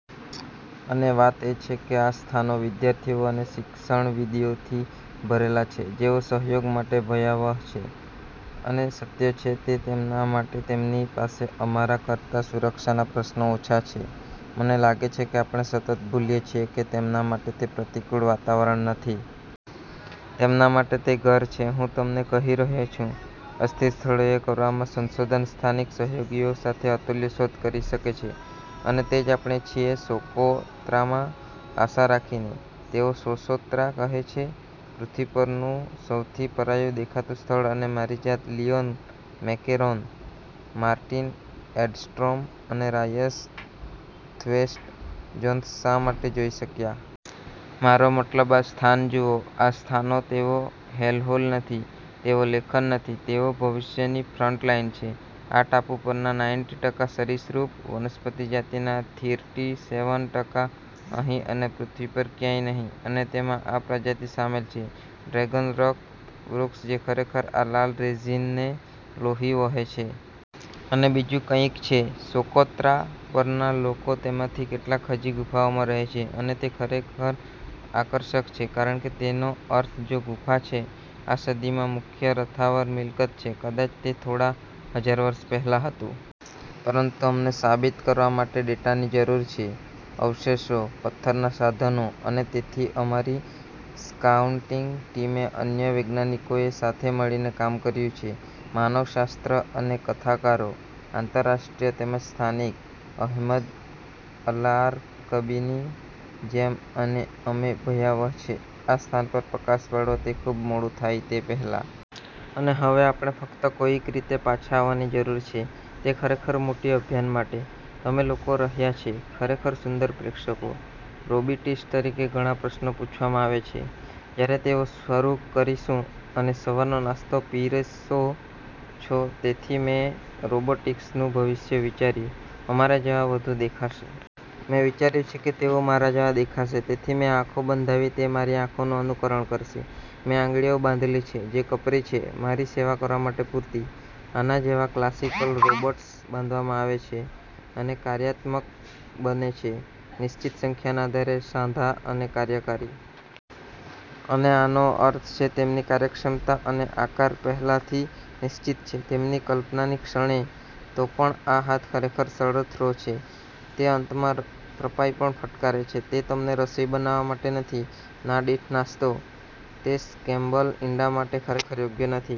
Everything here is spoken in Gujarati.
અને વાત એ છે કે આ સ્થાનો વિદ્યાર્થીઓ અને શિક્ષણવિદોથી ભરેલા છે જેઓ સહયોગ માટે ભયાવહ છે અને સત્ય છે તે તેમના માટે તેમની પાસે અમારા કરતા સુરક્ષાના પ્રશ્નો ઓછા છે. મને લાગે છે કે આપણે સતત ભૂલીએ છીએ કે તેમના માટે તે પ્રતિકૂળ વાતાવરણ નથી. તેમના માટે તે ઘર છે. હું તમને કહી રહ્યો છું, અસ્થિર સ્થળોએ કરવામાં સંશોધન સ્થાનિક સહયોગીઓ સાથે અતુલ્ય શોધ કરી શકે છે અને તે જ આપણે છીએ સોકોત્રામાં આશા રાખીને. તેઓ સોસોત્રા કહે છે પૃથ્વી પરનું સૌથી પરાયું દેખાતું સ્થળ અને મારી જાત લિયોન મકેરોન, માર્ટિન એડ્સ્ટ્રોમ અને રાયસ થ્વેટ્સ-જોન્સ શા માટે જોઈ શક્યા. મારો મતલબ આ સ્થાન જુઓ. આ સ્થાનો તેઓ હેલહોલ નથી, તેઓ લેખન નથી, તેઓ ભવિષ્યની ફ્રન્ટલાઈન છે. આ ટાપુ પરના નાઈન્ટી ટકા સરિસૃપ, વનસ્પતિ જાતિના થીરટી સેવન ટકા અહીં અને પૃથ્વી પર ક્યાંય નહીં અને તેમાં આ પ્રજાતિ શામેલ છે ડ્રેગન રક્ત વૃક્ષ જે ખરેખર આ લાલ રેઝિનને લોહી વહે છે. અને બીજું કંઈક છે. સોકોત્રા પરના લોકો તેમાંથી કેટલાક હજી ગુફાઓમાં રહે છે અને તે ખરેખર આકર્ષક છે કારણ કે તેનો અર્થ જો ગુફા છે આ સદીમાં મુખ્ય સ્થાવર મિલકત છે. કદાચ તે થોડા હજાર વર્ષ પહેલાં હતું. પરંતુ અમને સાબિત કરવા માટે ડેટાની જરૂર છે, અવશેષો, પથ્થરનાં સાધનો, અને તેથી અમારી સ્કાઉટિંગ ટીમે અન્ય વૈજ્ઞાનિકોએ સાથે મળીને કામ કર્યું છે, માનવશાસ્ત્ર અને કથાકારો, આંતરરાષ્ટ્રીય તેમજ સ્થાનિક, અહેમદ અલારકબીની જેમ અને અમે ભયાવહ છે આ સ્થાન પર પ્રકાશ પાડવો તે ખૂબ મોડું થાય તે પહેલાં. અને હવે આપણે ફક્ત કોઈક રીતે પાછા આવવાની જરૂર છે તે ખરેખર મોટી અભિયાન માટે. તમે લોકો રહ્યા છે ખરેખર સુંદર પ્રેક્ષકો. રોબોટિસ્ટ તરીકે ઘણા પ્રશ્નો પૂછવામાં આવે છે. જ્યારે તેઓ શરૂ કરીશું મને સવારનો નાસ્તો પીરસો છો તેથી મેં રોબોટિક્સનું ભવિષ્ય વિચાર્યું અમારા જેવા વધુ દેખાશે. મેં વિચાર્યું કે તેઓ મારા જેવા દેખાશે તેથી મેં આંખો બંધાવી તે મારી આંખોનું અનુકરણ કરશે. મેં આંગળીઓ બાંધેલી છે જે કપરી છે મારી સેવા કરવા માટે પૂરતી. આના જેવા ક્લાસિકલ રોબોટ્સ બાંધવામાં આવે છે અને કાર્યાત્મક બને છે નિશ્ચિત સંખ્યાના આધારે સાંધા અને કાર્યકારી. અને આનો અર્થ છે તેમની કાર્યક્ષમતા અને આકાર પહેલાથી નિશ્ચિત છે તેમની કલ્પનાની ક્ષણે. તો પણ આ હાથ ખરેખર સરસ થ્રો છે તે અંતમાં ત્રપાઈ પણ ફટકારે છે. તે તમને રસોઇ બનાવવા માટે નથી, ના દીઠ નાસ્તો. તે સ્ક્રેમ્બલ ઇંડા માટે ખરેખર યોગ્ય નથી.